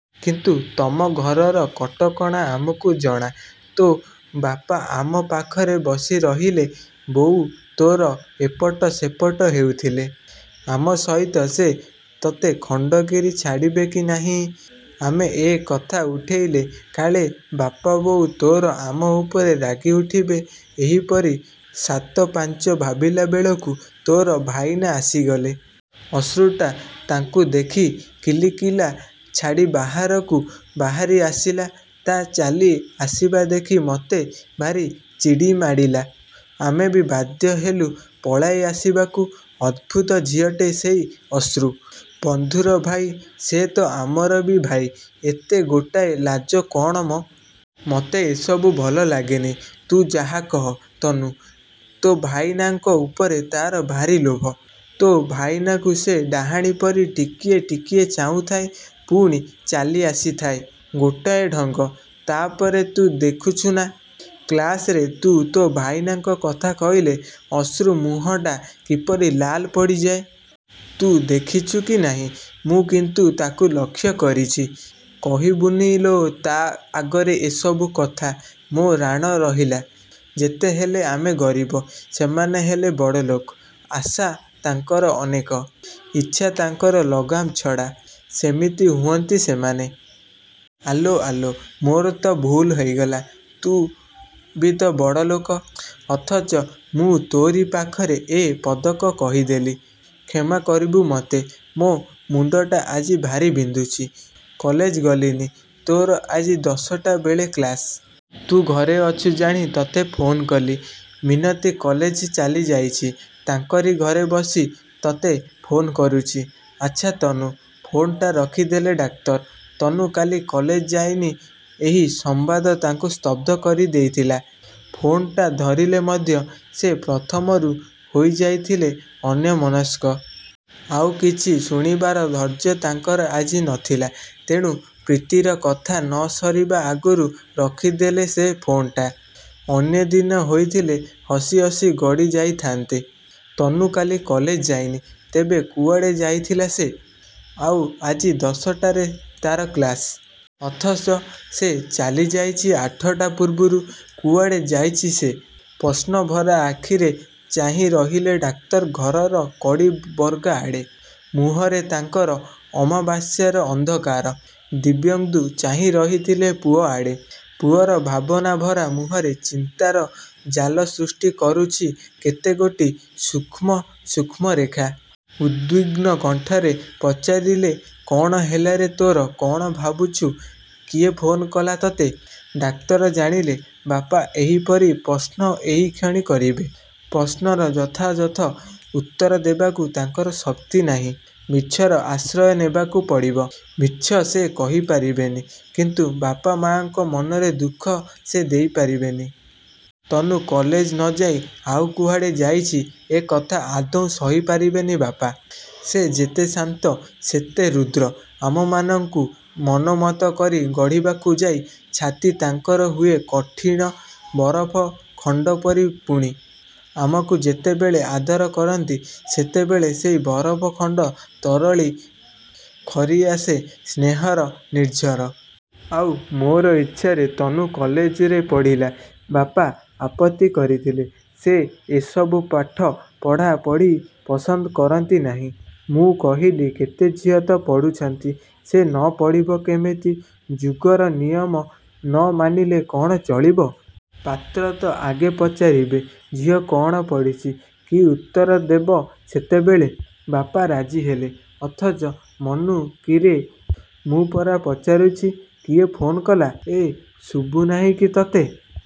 କିନ୍ତୁ ତମ ଘରର କଟକଣା ଆମକୁ ଜଣା। ତୋ ବାପା ଆମ ପାଖରେ ବସିରହିଲେ। ବୋଉ ତୋର ଏପଟ ସେପଟ ହେଉଥିଲେ। ଆମ ସହିତ ସେ ତୋତେ ଖଣ୍ଡଗିରି ଛାଡ଼ିବେ କି ନାହିଁ। ଆମେ ଏ କଥା ଉଠାଇଲେ କାଳେ ବାପା ବୋଉ ତୋର ଆମ ଉପରେ ରାଗିଉଠିବେ ଏହିପରି ସାତପାଞ୍ଚ ଭାବିଲା ବେଳକୁ ତୋ ଭାଇନା ଆସିଗଲେ! ଅଶ୍ରୁଟା ତାଙ୍କୁ ଦେଖି କିଲିକିଲା ଛାଡ଼ି ବାହାରକୁ ବାହାରି ଆସିଲା ତା' ଚାଲି ଆସିବା ଦେଖି ମୋତେ ଭାରି ଚିଡ଼ିମାଡ଼ିଲା। ଆମେ ବି ବାଧ୍ୟହେଲୁ ପଳାଇ ଆସିବାକୁ। ଅଦ୍ଭୁତ ଝିଅଟେ ସେଇ ଅଶ୍ରୁ। ବନ୍ଧୁର ଭାଇ, ସେ ତ ଆମର ବି ଭାଇ। ଏତେ ଗୋଟାଏ ଲାଜ କ'ଣ ମ। ମୋତେ ଏସବୁ ଭଲ ଲାଗେନି। ତୁ ଯାହାକହ ତନୁ, ତୋ ଭାଇନାଙ୍କ ଉପରେ ତା'ର ଭାରି ଲୋଭ। ତୋ ଭାଇନାକୁ ସେ ଡାହାଣୀପରି ଟିକିଏ ଟିକିଏ ଚାହୁଁଥାଏ ପୁଣି ଚାଲି ଆସିଥାଏ। ଗୋଟାଏ ଢଙ୍ଗ। ତା'ପରେ ତୁ ଦେଖିଛୁ ନା? କ୍ଲାସରେ ତୁ ତୋ ଭାଇନାଙ୍କ କଥା କହିଲେ ଅଶ୍ରୁ ମୁହଁଟା କିପରି ଲାଲ ପଡ଼ିଯାଏ? ତୁ ଦେଖିଛୁ କି ନାହିଁ, ମୁଁ କିନ୍ତୁ ତାକୁ ଲକ୍ଷ୍ୟ କରିଛି। କହିବୁନି ଲୋ ତା' ଆଗରେ ଏ ସବୁ କଥା, ମୋ ରାଣ ରହିଲା। ଯେତେହେଲେ ଆମେ ଗରିବ। ସେମାନେ ହେଲେ ବଡ଼ଲୋକ। ଆଶା ତାଙ୍କର ଅନେକ। ଇଚ୍ଛା ତାଙ୍କର ଲଗାମ ଛଡ଼ା। ସେମିତି ହୁଅନ୍ତି ସେମାନେ। ଆଲୋ, ଆଲୋ ମୋର ତ ଭୁଲ୍ ହୋଇଗଲା। ତୁ ବି ତ ବଡ଼ ଲୋକ। ଅଥଚ, ମୁଁ ତୋରି ପାଖରେ ଏ ପଦକ କହିଦେଲି। କ୍ଷମା କରିବୁ ମୋତେ। ମୋ ମୁଣ୍ଡଟା ଆଜି ଭାରି ବିନ୍ଧୁଛି। କଲେଜ ଗଲିନି। ତୋର ଆଜି ଦଶଟା ବେଳେ କ୍ଲାସ। ତୁ ଘରେ ଅଛୁ ଜାଣି ତୋତେ ଫୋନ କଲି-। ମିନତୀ କଲେଜ ଚାଲିଯାଇଛି। ତାଙ୍କରି ଘରେ ବସି ତୋତେ ଫୋନ କରୁଛି। ଆଚ୍ଛା ତନୁ ଫୋନଟା ରଖିଦେଲେ ଡାକ୍ତର। ତନୁ କାଲି କଲେଜ ଯାଇନି ଏହି ସମ୍ୱାଦ ତାଙ୍କୁ ସ୍ତବ୍ଧ କରିଦେଇଥିଲା। ଫୋନଟା ଧରିଥିଲେ ମଧ୍ୟ ସେ ପ୍ରଥମରୁ ହୋଇଯାଇଥିଲେ ଅନ୍ୟମନସ୍କ। ଆଉ କିଛି ଶୁଣିବାର ଧୈର୍ଯ୍ୟ ତାଙ୍କର ଆଜି ନଥିଲା। ତେଣୁ ପ୍ରୀତିର କଥା ନ ସରିବା ଆଗରୁ ରଖିଦେଲେ ସେ ଫୋନଟା। ଅନ୍ୟଦିନ ହୋଇଥିଲେ ହସି ହସି ଗଡ଼ି ଯାଇଥାନ୍ତେ। ତନୁ କାଲି କଲେଜ ଯାଇନି, ତେବେ କୁଆଡ଼େ ଯାଇଥିଲା ସେ। ଆଉ ଆଜି, ଦଶଟାରେ ତାର କ୍ଳାସ୍। ଅଥଚ ସେ ଚାଲିଯାଇଛି ଆଠଟା ପୂର୍ବରୁ। କୁଆଡ଼େ ଯାଇଛି ସେ! ପ୍ରଶ୍ନଭରା ଆଖିରେ ଚାହିଁ ରହିଲେ ଡାକ୍ତର ଘରର କଡ଼ି ବର୍ଗା ଆଡ଼େ। ମୁହଁରେ ତାଙ୍କର ଅମାବାସ୍ୟାର ଅନ୍ଧକାର। ଦିବ୍ୟେନ୍ଦୁ ଚାହିଁ ରହିଥିଲେ ପୁଅଆଡ଼େ। ପୁଅର ଭାବନା ଭରା ମୁହଁରେ ଚିନ୍ତାର ଜାଲ ସୃଷ୍ଟି କରୁଛି କେତେଗୋଟି ସୂକ୍ଷ୍ମ ସୂକ୍ଷ୍ମ ରେଖା। ଉଦ୍ବିଗ୍ନ କଣ୍ଠରେ ସେ ପଚାରିଲେ-କ'ଣ ହେଲାରେ ତୋର? କ'ଣ ଭାବୁଛୁ? କିଏ ଫୋନ୍ କଲା ତୋତେ? ଡାକ୍ତର ଜାଣିଲେ ବାପା ଏହିପରି ପ୍ରଶ୍ନ ଏହିକ୍ଷଣି କରିବେ। ପ୍ରଶ୍ନର ଯଥାଯଥ ଉତ୍ତରଦେବାକୁ ତାଙ୍କର ଶକ୍ତି ନାହିଁ। ମିଛର ଆଶ୍ରୟ ନେବାକୁ ପଡ଼ିବ। ମିଛ ସେ କହିପାରିବେନି; କିନ୍ତୁ ବାପ ମାଆଙ୍କ ମନରେ ଦୁଃଖ ସେ ଦେଇପାରିବେନି। ତନୁ କଲେଜ ନଯାଇ ଆଉ କୁଆଡ଼େ ଯାଇଛି, ଏ କଥା ଆଦୌ ସହିପାରିବେନି ବାପା। ସେ ଯେତେ ଶାନ୍ତ, ସେତେ ରୁଦ୍ର। ଆମମାନଙ୍କୁ ମନୋମତ କରି ଗଢ଼ିବାକୁ ଯାଇ ଛାତି ତାଙ୍କର ହୁଏ କଠିଣ ବରଫ ଖଣ୍ଡ ପରି ପୁଣି, ଆମକୁ ଯେତେବେଳେ ଆଦର କରନ୍ତି ସେତେବେଳେ ସେଇ ବରଫ ଖଣ୍ଡ ତରଳି ଝରିଆସେ ସ୍ନେହର ନିର୍ଝର। ଆଉ ମୋର ଇଚ୍ଛାରେ ତନୁ କଲେଜରେ ପଢ଼ିଲା। ବାପା ଆପତ୍ତି କରିଥିଲେ। ସେ ଏସବୁ ପାଠ ପଢ଼ା ପଢ଼ି ପସନ୍ଦ କରନ୍ତି ନାହିଁ। ମୁଁ କହିଲି କେତେ ଝିଅ ତ ପଢ଼ୁଛନ୍ତି ସେ ନ ପଢ଼ିବ କେମିତି। ଯୁଗର ନିୟମ ନ ମାନିଲେ କ'ଣ ଚଳିବ? ପାତ୍ର ତ ଆଗ ପଚାରିବେ ଝିଅ କଣ ପଢ଼ିଛି-? କି ଉତ୍ତର ଦେବ ସେତେବେଳେ? ବାପା ରାଜିହେଲେ। ଅଥଚ -ମନୁ, କିରେ, ମୁଁ ପରା ପଚାରୁଛି କିଏ ଫୋନ୍ କଲା? ଏଁ, ଶୁଭୁନାହିଁ କି ତୋତେ।